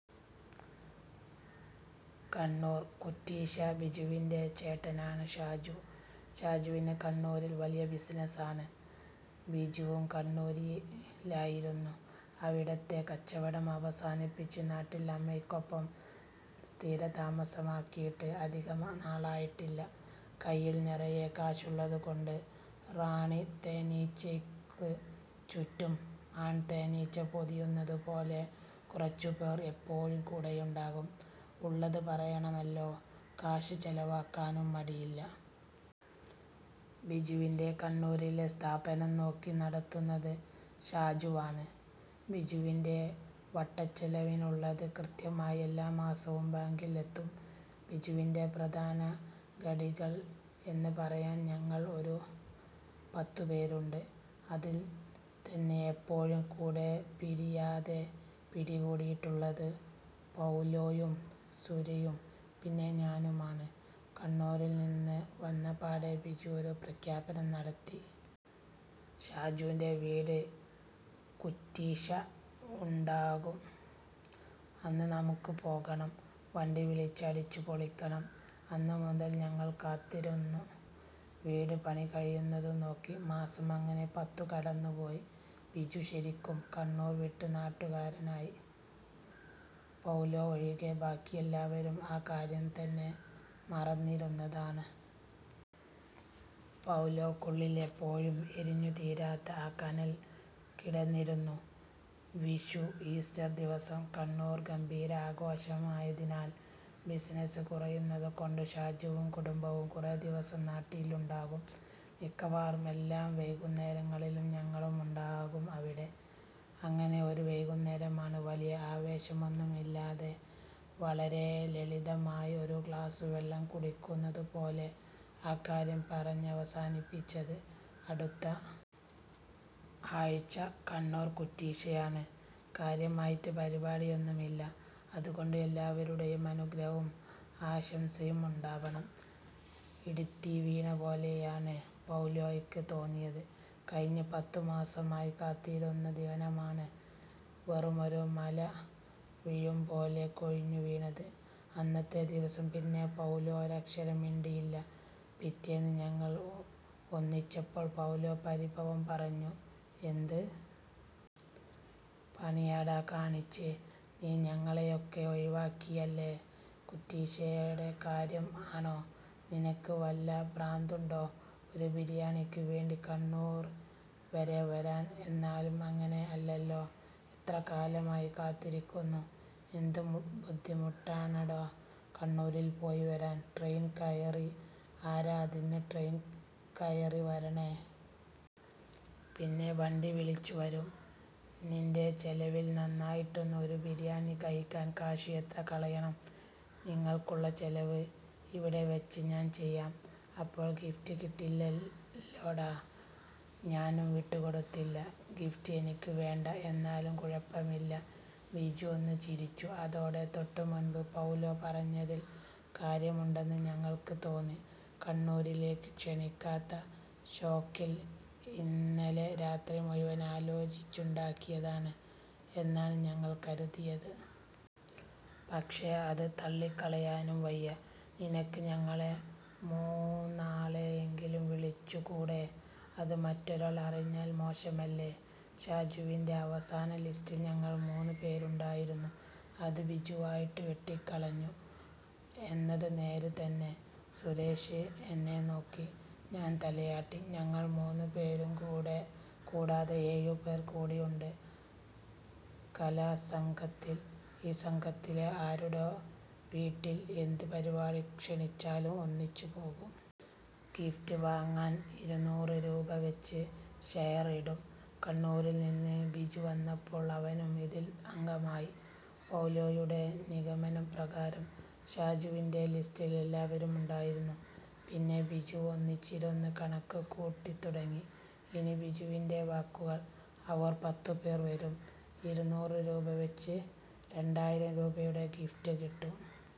കണ്ണൂർ കുറ്റീശ്ശ ബിജുവിൻ്റെ ചേട്ടനാണ് ഷാജു. ഷാജുവിന് കണ്ണൂരിൽ വലിയ ബിസിനസാണ്. ബിജുവും കണ്ണൂരിലായിരുന്നു. അവിടത്തെ കച്ചവടം അവസാനിപ്പിച്ച് നാട്ടിൽ അമ്മയ്ക്കൊപ്പം സ്ഥിരതാമസമാക്കിയിട്ട് അധികമ് നാളായിട്ടില്ല. കയ്യിൽ നിറയെ കാശുള്ളതുകൊണ്ട് റാണി തേനീച്ചയ്ക്ക് ചുറ്റും ആൺതേനീച്ച പൊതിയുന്നതുപോലെ കുറച്ചുപേർ എപ്പോഴും കൂടെയുണ്ടാകും. ഉള്ളത് പറയണമല്ലോ, കാശ് ചെലവാക്കാനും മടിയില്ല. ബിജുവിൻ്റെ കണ്ണൂരിലെ സ്ഥാപനം നോക്കി നടത്തുന്നത് ഷാജുവാണ്. ബിജുവിൻ്റെ വട്ടച്ചെലവിനുള്ളത് കൃത്യമായി എല്ലാ മാസവും ബാങ്കിൽ എത്തും. ബിജുവിൻ്റെ പ്രധാന ഘടികൾ എന്ന് പറയാൻ ഞങ്ങൾ ഒരു പത്തുപേരുണ്ട്. അതിൽ തന്നെ എപ്പോഴും കൂടെ പിരിയാതെ പിടികൂടിയിട്ടുള്ളത് പൗലോയും സുരയും പിന്നെ ഞാനുമാണ്. കണ്ണൂരിൽ നിന്ന് വന്നപാടെ ബിജു ഒരു പ്രഖ്യാപനം നടത്തി. ഷാജൂൻ്റെ വീട് കുറ്റീശ്ശ ഉണ്ടാവും. അന്ന് നമുക്ക് പോകണം. വണ്ടി വിളിച്ച് അടിച്ചുപൊളിക്കണം. അന്ന് മുതൽ ഞങ്ങൾ കാത്തിരുന്നു, വീട് പണി കഴിയുന്നതും നോക്കി. മാസം അങ്ങനെ പത്തു കടന്നുപോയി. ബിജു ശരിക്കും കണ്ണൂർ വിട്ട് നാട്ടുകാരനായി. പൗലോ ഒഴികെ ബാക്കി എല്ലാവരും ആ കാര്യം തന്നെ മറന്നിരുന്നതാണ്. പൗലോക്കുള്ളിൽ എപ്പോഴും എരിഞ്ഞുതീരാത്ത ആ കനൽ കിടന്നിരുന്നു. വിഷു, ഈസ്റ്റർ ദിവസം കണ്ണൂർ ഗംഭീര ആഘോഷമായതിനാൽ ബിസിനസ് കുറയുന്നതുകൊണ്ട് ഷാജുവും കുടുംബവും കുറേദിവസം നാട്ടിലുണ്ടാകും. മിക്കവാറും എല്ലാ വൈകുന്നേരങ്ങളിലും ഞങ്ങളും ഉണ്ടാകും അവിടെ. അങ്ങനെ ഒരു വൈകുന്നേരമാണ് വലിയ ആവേശമൊന്നുമില്ലാതെ, വളരെ ലളിതമായി ഒരു ഗ്ലാസ് വെള്ളം കുടിക്കുന്നതുപോലെ ആ കാര്യം പറഞ്ഞവസാനിപ്പിച്ചത്. അടുത്ത ആഴ്ച കണ്ണൂർ കുറ്റീശ്ശയാണ്. കാര്യമായിട്ട് പരിപാടിയൊന്നുമില്ല. അതുകൊണ്ട് എല്ലാവരുടെയും അനുഗ്രഹവും ആശംസയും ഉണ്ടാവണം. ഇടിത്തീ വീണ പോലെയാണ് പൗലോയ്ക്ക് തോന്നിയത്. കഴിഞ്ഞ പത്തു മാസമായി കാത്തിരുന്ന ദിനമാണ് വെറുമൊരു മല വീഴുംപോലെ കൊഴിഞ്ഞുവീണത്. അന്നത്തെ ദിവസം പിന്നെ പൗലോ ഒരക്ഷരം മിണ്ടിയില്ല. പിറ്റേന്ന് ഞങ്ങൾ ഒന്നിച്ചപ്പോൾ പൗലോ പരിഭവം പറഞ്ഞു. എന്ത് പണിയാടാ കാണിച്ചേ. നീ ഞങ്ങളെയൊക്കെ ഒഴിവാക്കിയല്ലേ. കുറ്റീശ്ശടെ കാര്യം ആണോ. നിനക്ക് വല്ല പ്രാന്തുണ്ടോ. ഒരു ബിരിയാണിക്ക് വേണ്ടി കണ്ണൂർ വരെ വരാൻ എന്നാലും അങ്ങനെ അല്ലല്ലോ. എത്ര കാലമായി കാത്തിരിക്കുന്നു. എന്ത് ബുദ്ധിമുട്ടാണെടാ കണ്ണൂരിൽ പോയിവരാൻ. ട്രെയിൻ കയറി ആരാ അതിന് ട്രെയിൻ കയറി വരണേ. പിന്നെ വണ്ടി വിളിച്ചുവരും. നിൻ്റെ ചെലവിൽ നന്നായിട്ടൊന്ന് ഒരു ബിരിയാണി കഴിക്കാൻ കാശ് എത്ര കളയണം. നിങ്ങൾക്കുള്ള ചെലവ് ഇവിടെവെച്ച് ഞാൻ ചെയ്യാം. അപ്പോൾ ഗിഫ്റ്റ് കിട്ടില്ലല്ലോടാ .ഞാനും വിട്ടുകൊടുത്തില്ല. ഗിഫ്റ്റ് എനിക്ക് വേണ്ട. എന്നാലും കുഴപ്പമില്ല. ബിജു ഒന്ന് ചിരിച്ചു. അതോടെ തൊട്ടുമുൻപ് പൗലോ പറഞ്ഞതിൽ കാര്യമുണ്ടെന്ന് ഞങ്ങൾക്ക് തോന്നി. കണ്ണൂരിലേക്ക് ക്ഷണിക്കാത്ത ഷോക്കിൽ ഇന്നലെ രാത്രി മുഴുവൻ ആലോചിച്ചുണ്ടാക്കിയതാണ് എന്നാണ് ഞങ്ങൾ കരുതിയത്. പക്ഷേ അത് തള്ളിക്കളയാനും വയ്യ. നിനക്ക് ഞങ്ങളെ മൂന്നാളെയെങ്കിലും വിളിച്ചുകൂടെ. അത് മറ്റൊരാൾ അറിഞ്ഞാൽ മോശമല്ലേ. ഷാജുവിൻ്റെ അവസാന ലിസ്റ്റിൽ ഞങ്ങൾ മൂന്നു പേരുണ്ടായിരുന്നു. അത് ബിജുവായിട്ട് വെട്ടിക്കളഞ്ഞു എന്നത് നേര് തന്നെ. സുരേഷ് എന്നെ നോക്കി. ഞാൻ തലയാട്ടി. ഞങ്ങൾ മൂന്നു പേരും കൂടെ കൂടാതെ ഏഴുപേർ കൂടിയുണ്ട് കലാസംഘത്തിൽ. ഈ സംഘത്തിലെ ആരുട വീട്ടിൽ എന്ത് പരിപാടി ക്ഷണിച്ചാലും ഒന്നിച്ചു പോകും. ഗിഫ്റ്റ് വാങ്ങാൻ ഇരുന്നൂറ് രൂപവെച്ച് ഷെയർ ഇടും. കണ്ണൂരിൽനിന്ന് ബിജു വന്നപ്പോൾ അവനും ഇതിൽ അംഗമായി. പൗലോയുടെ നിഗമനം പ്രകാരം ഷാജുവിൻ്റെ ലിസ്റ്റിൽ എല്ലാവരും ഉണ്ടായിരുന്നു. പിന്നെ ബിജുവൊന്നിച്ചിരുന്ന് കണക്കുകൂട്ടിത്തുടങ്ങി. ഇനി ബിജുവിൻ്റെ വാക്കുകൾ. അവർ പത്തുപേർ വരും. ഇരുന്നൂറ് രൂപവെച്ച് രണ്ടായിരം രൂപയുടെ ഗിഫ്റ്റ് കിട്ടും.